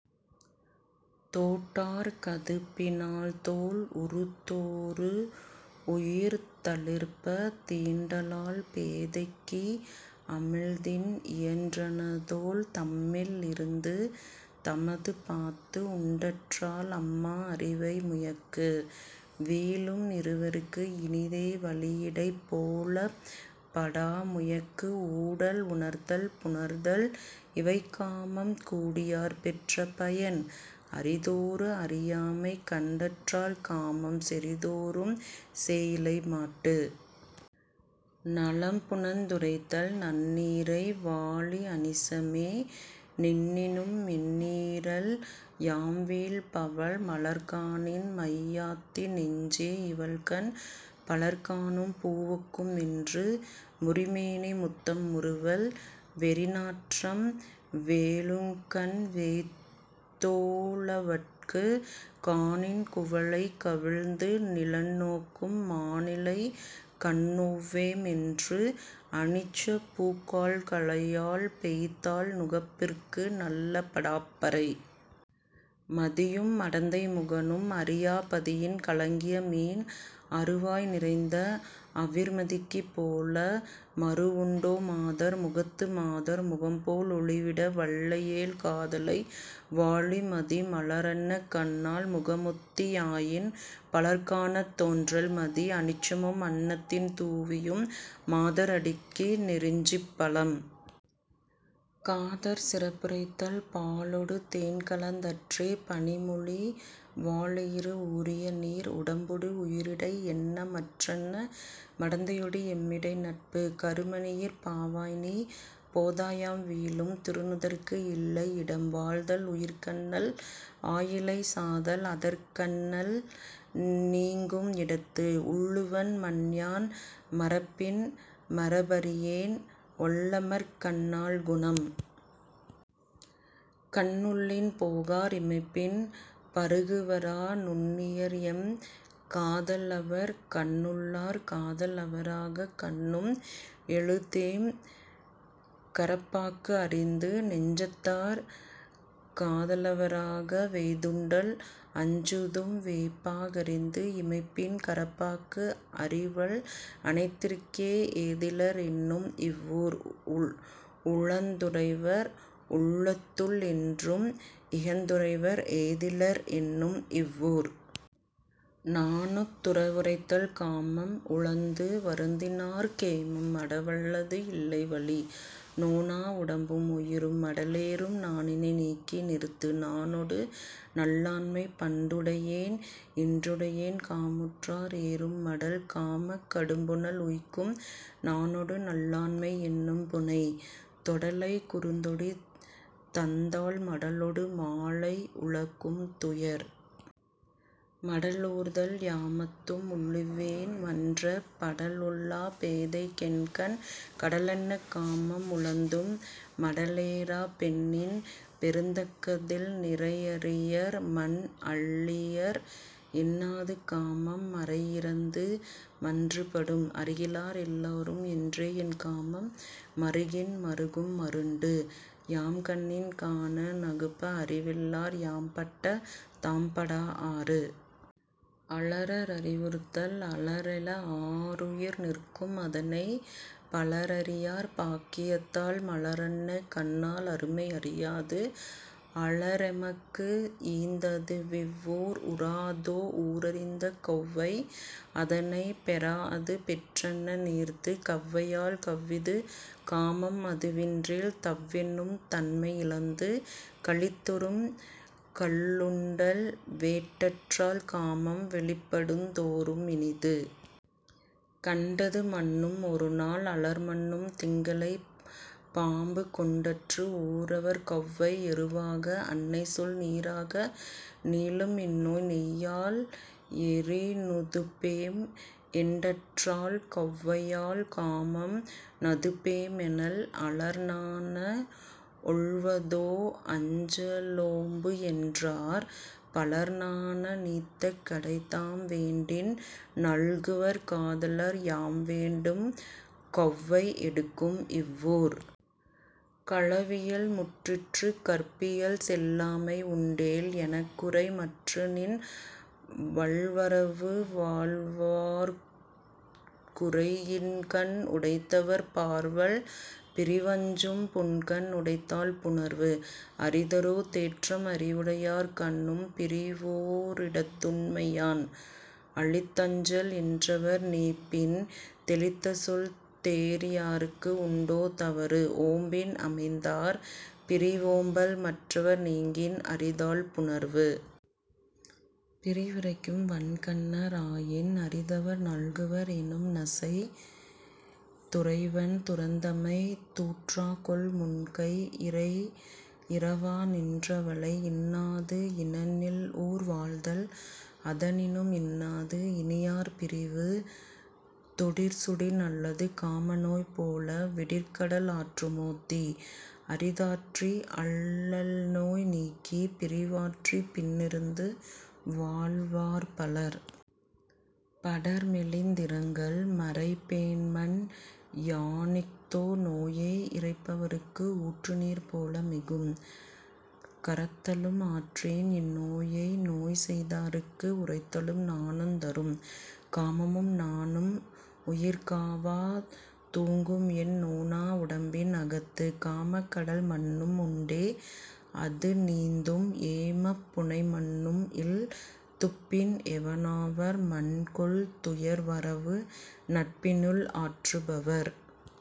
தோட் டார் கதுப்பினாள் தோள். உறுதோறு உயிர்தளிர்ப்பத் தீண்டலால் பேதைக்கு அமிழ்தின் இயன்றன தோள். தம்மில் இருந்து தமதுபாத்து உண்டற்றால் அம்மா அரிவை முயக்கு. வீழும் இருவர்க்கு இனிதே வளியிடை போழப் படாஅ முயக்கு. ஊடல் உணர்தல் புணர்தல் இவைகாமம் கூடியார் பெற்ற பயன். அறிதோறு அறியாமை கண்டற்றால் காமம் செறிதோறும் சேயிழை மாட்டு.. நலம்புனைந்துரைத்தல் நன்னீரை வாழி அனிச்சமே நின்னினும் மென்னீரள் யாம்வீழ் பவள். மலர்காணின் மையாத்தி நெஞ்சே இவள்கண் பலர்காணும் பூவொக்கும் என்று. முறிமேனி முத்தம் முறுவல் வெறிநாற்றம் வேலுண்கண் வேய்த்தோ ளவட்கு. காணின் குவளை கவிழ்ந்து நிலன்நோக்கும் மாணிழை கண்ணொவ்வேம் என்று. அனிச்சப்பூக் கால்களையாள் பெய்தாள் நுகப்பிற்கு நல்ல படாஅ பறை. மதியும் மடந்தை முகனும் அறியா பதியின் கலங்கிய மீன். அறுவாய் நிறைந்த அவிர்மதிக்குப் போல மறுவுண்டோ மாதர் முகத்து. மாதர் முகம்போல் ஒளிவிட வல்லையேல் காதலை வாழி மதி. மலரன்ன கண்ணாள் முகமொத்தி யாயின் பலர்காணத் தோன்றல் மதி. அனிச்சமும் அன்னத்தின் தூவியும் மாதர் அடிக்கு நெருஞ்சிப் பழம்.. காதற்சிறப்புரைத்தல் பாலொடு தேன்கலந் தற்றே பணிமொழி வாலெயிறு ஊறிய நீர். உடம்பொடு உயிரிடை என்னமற் றன்ன மடந்தையொடு எம்மிடை நட்பு. கருமணியிற் பாவாய்நீ போதாயாம் வீழும் திருநுதற்கு இல்லை இடம். வாழ்தல் உயிர்க்கன்னள் ஆயிழை சாதல் அதற்கன்னள் நீங்கும் இடத்து. உள்ளுவன் மன்யான் மறப்பின் மறப்பறியேன் ஒள்ளமர்க் கண்ணாள் குணம். கண்ணுள்ளின் போகார் இமைப்பின் பருகுவரா நுண்ணியர்எம் காத லவர். கண்ணுள்ளார் காத லவராகக் கண்ணும் எழுதேம் கரப்பாக்கு அறிந்து. நெஞ்சத்தார் காத லவராக வெய்துண்டல் அஞ்சுதும் வேபாக் கறிந்து. இமைப்பின் கரப்பாக்கு அறிவல் அனைத்திற்கே ஏதிலர் என்னும் இவ் வூர். உலந்துறைவர் உள்ளத்துள் என்றும் இகந்துறைவர் ஏதிலர் என்னும் இவ் வூர்.. நாணுத்துறவுரைத்தல் காமம் உழந்து வருந்தினார்க்கு ஏமம் மடவல்லது இல்லை வலி. நோனா உடம்பும் உயிரும் மடலேறும் நாணினை நீக்கி நிறுத்து. நாணொடு நல்லாண்மை பண்டுடையேன் இன்றுடையேன் காமுற்றார் ஏறும் மடல். காமக் கடும்புனல் உய்க்கும் நாணொடு நல்லாண்மை என்னும் புணை. தொடலைக் குறுந்தொடி தந்தாள் மடலொடு மாலை உழக்கும் துயர். மடலூர்தல் யாமத்தும் உள்ளுவேன் மன்ற படல்ஒல்லா பேதைக்கென் கண். கடலன்ன காமம் உழந்தும் மடலேறாப் பெண்ணின் பெருந்தக்க தில். நிறையரியர் மன்அளியர் என்னாது காமம் மறையிறந்து மன்று படும். அறிகிலார் எல்லாரும் என்றேஎன் காமம் மறுகின் மறுகும் மருண்டு. யாம்கண்ணின் காண நகுப அறிவில்லார் யாம்பட்ட தாம்படா ஆறு.. அலரறிவுறுத்தல் அலரெழ ஆருயிர் நிற்கும் அதனைப் பலரறியார் பாக்கியத் தால். மலரன்ன கண்ணாள் அருமை அறியாது அலரெமக்கு ஈந்ததிவ் வூர். உறாஅதோ ஊரறிந்த கெளவை அதனைப் பெறாஅது பெற்றன்ன நீர்த்து. கவ்வையால் கவ்விது காமம் அதுவின்றேல் தவ்வென்னும் தன்மை இழந்து. களித்தொறும் கள்ளுண்டல் வேட்டற்றால் காமம் வெளிப்படுந் தோறும் இனிது. கண்டது மன்னும் ஒருநாள் அலர்மன்னும் திங்களைப் பாம்புகொண் டற்று. ஊரவர் கெளவை எருவாக அன்னைசொல் நீராக நீளும்இந் நோய். நெய்யால் எரிநுதுப்பேம் என்றற்றால் கெளவையால் காமம் நதுப்பேம் எனல். அலர்நாண ஒல்வதோ அஞ்சலோம்பு என்றார் பலர்நாண நீத்தக் கடை. தாம்வேண்டின் நல்குவர் காதலர் யாம்வேண்டும் கெளவை எடுக்கும்இவ் வூர். களவியல் முற்றிற்று கற்பியல் செல்லாமை உண்டேல் எனக்குரை மற்றநின் வல்வரவு வாழ்வார்க் குரை. இன்கண் உடைத்தவர் பார்வல் பிரிவஞ்சும் புன்கண் உடைத்தால் புணர்வு. அரிதரோ தேற்றம் அறிவுடையார் கண்ணும் பிரிவோ ரிடத்துண்மை யான். அளித்தஞ்சல் என்றவர் நீப்பின் தெளித்தசொல் தேறியார்க்கு உண்டோ தவறு. ஓம்பின் அமைந்தார் பிரிவோம்பல் மற்றவர் நீங்கின் அரிதால் புணர்வு. பிரிவுரைக்கும் வன்கண்ணர் ஆயின் அரிதவர் நல்குவர் என்னும் நசை. துறைவன் துறந்தமை தூற்றாகொல் முன்கை இறைஇறவா நின்ற வளை. இன்னாது இனன்இல்ஊர் வாழ்தல் அதனினும் இன்னாது இனியார்ப் பிரிவு. தொடிற்சுடின் அல்லது காமநோய் போல விடிற்கடல் ஆற்றுமோ தீ. அரிதாற்றி அல்லல்நோய் நீக்கிப் பிரிவாற்றிப் பின்இருந்து வாழ்வார் பலர்.. படர்மெலிந்திரங்கல் மறைப்பேன்மன் யானிஃதோ நோயை இறைப்பவர்க்கு ஊற்றுநீர் போல மிகும். கரத்தலும் ஆற்றேன்இந் நோயைநோய் செய்தார்க்கு உரைத்தலும் நாணுத் தரும். காமமும் நாணும் உயிர்காவாத் தூங்கும்என் நோனா உடம்பின் அகத்து. காமக் கடல்மன்னும் உண்டே அதுநீந்தும் ஏமப் புணைமன்னும் இல். துப்பின் எவனாவர் மன்கொல் துயர்வரவு நட்பினுள் ஆற்று பவர்.